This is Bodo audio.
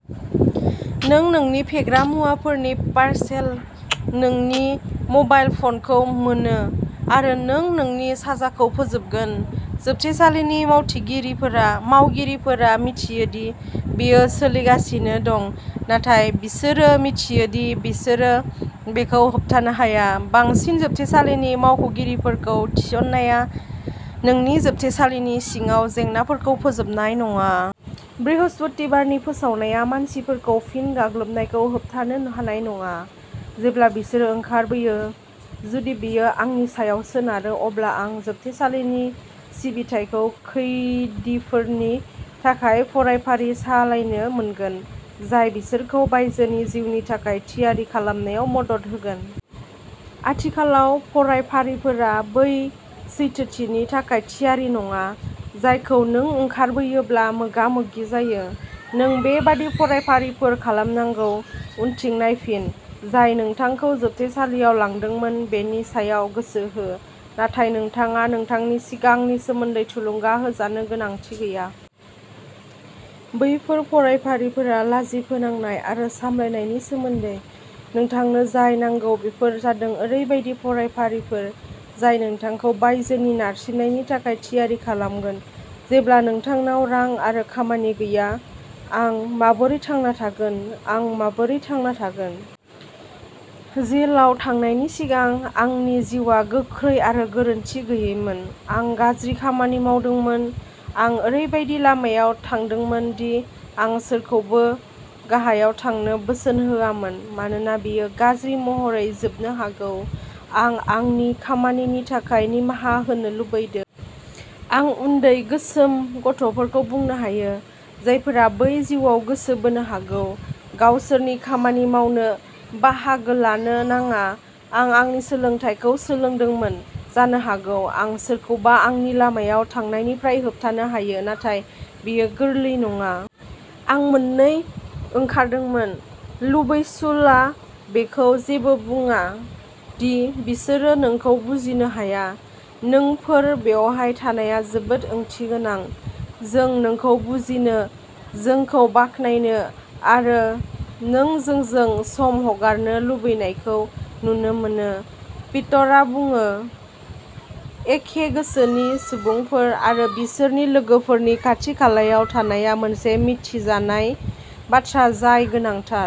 नों नोंनि फेग्रा मुवाफोरनि पारसेल, नोंनि म'बाइल फ'नखौ मोनो, आरो नों नोंनि साजाखौ फोजोबगोन। जोबथेसालिनि मावगिरिफोरा मिथियो दि बेयो सोलिगासिनो दं, नाथाय बिसोरो मिथियो दि बिसोरो बेखौ होबथानो हाया। बांसिन जोबथेसालिनि मावख'गिरिफोरखौ थिसननाया जोंनि जोबथेसालिनि सिङाव जेंनाफोरखौ फोजोबनाय नङा। बृहस्पतिबारनि फोसावनाया मानसिफोरखौ फिन गाग्लोबनायखौ होबथानो हानाय नङा, जेब्ला बिसोरो ओंखारबोयो। जुदि बेयो आंनि सायाव सोनारो, अब्ला आं जोबथेसालिनि सिबिथाइखौ खैदीफोरनि थाखाय फरायफारि सालायनो मोनगोन, जाय बिसोरखौ बायजोनि जिउनि थाखाय थियारि खालामनायाव मदद होगोन। आथिखालाव, फरायफारिफोरा बै सैथोथिनि थाखाय थियारि नङा, जायखौ नों ओंखारबोयोब्ला मोगा-मोगि जायो। नों बेबादि फरायफारिफोर खालामनांगौ। उनथिं नायफिन, जाय नोंथांखौ जोबथेसालियाव लांदोंमोन बेनि सायाव गोसो हो। नाथाय नोंथाङा नोंथांनि सिगांनि सोमोन्दै थुलुंगा होजानो गोनांथि गैया। बैफोर फरायफारिफोरा लाजि फोनांनाय आरो सामलायनायनि सोमोन्दै। नोंथांनो जाय नांगौ बेफोर जादों ओरैबायदि फरायफारिफोर जाय नोंथांखौ बायजोनि नारसिननायनि थाखाय थियारि खालामगोन, जेब्ला नोंथांनाव रां आरो खामानि गैया। आं माबोरै थांना थागोन? आं माबोरै थांना थागोन? जेलाव थांनायनि सिगां, आंनि जिउआ गोख्रै आरो गोरोनथि गैयैमोन। आं गाज्रि खामानि मावदोंमोन। आं ओरैबायदि लामायाव थांदोंमोन दि आं सोरखौबो गाहायाव थांनो बोसोन होआमोन मानोना बेयो गाज्रि महरै जोबनो हागौ। आं आंनि खामानिनि थाखाय निमाहा होनो लुबैदों। आं उन्दै गोसोम गथ'फोरखौ बुंनो हायो, जायफोरा बै जिउआव गोसो बोनो हागौ, गावसोरनि खामानि मावनो, बाहागो लानो नाङा। आं आंनि सोलोंथायखौ सोलोंदोंमोन। जानो हागौ आं सोरखौबा आंनि लामायाव थांनायनिफ्राय होबथानो हायो। नाथाय बेयो गोरलै नङा। आं मोननै ओंखारदोंमोन। गुबैसल'आ बेखौ जेबो बुङाया दि'बिसोरो नोंखौ बुजिनो हाया'। "नोंफोर बेवहाय थानाया जोबोद ओंथि गोनां। जों नोंखौ बुजिनो, जोंखौ बाख्नायनो आरो नों जोंजों सम हगारनो लुबैनायखौ नुनो मोनो", पिटारआ बुङो। एखे गोसोनि सुबुंफोर आरो बिसोरनि लोगोफोरनि खाथि-खालायाव थानाया मोनसे मिथिजानाय बाथ्रा जाय गोनांथार।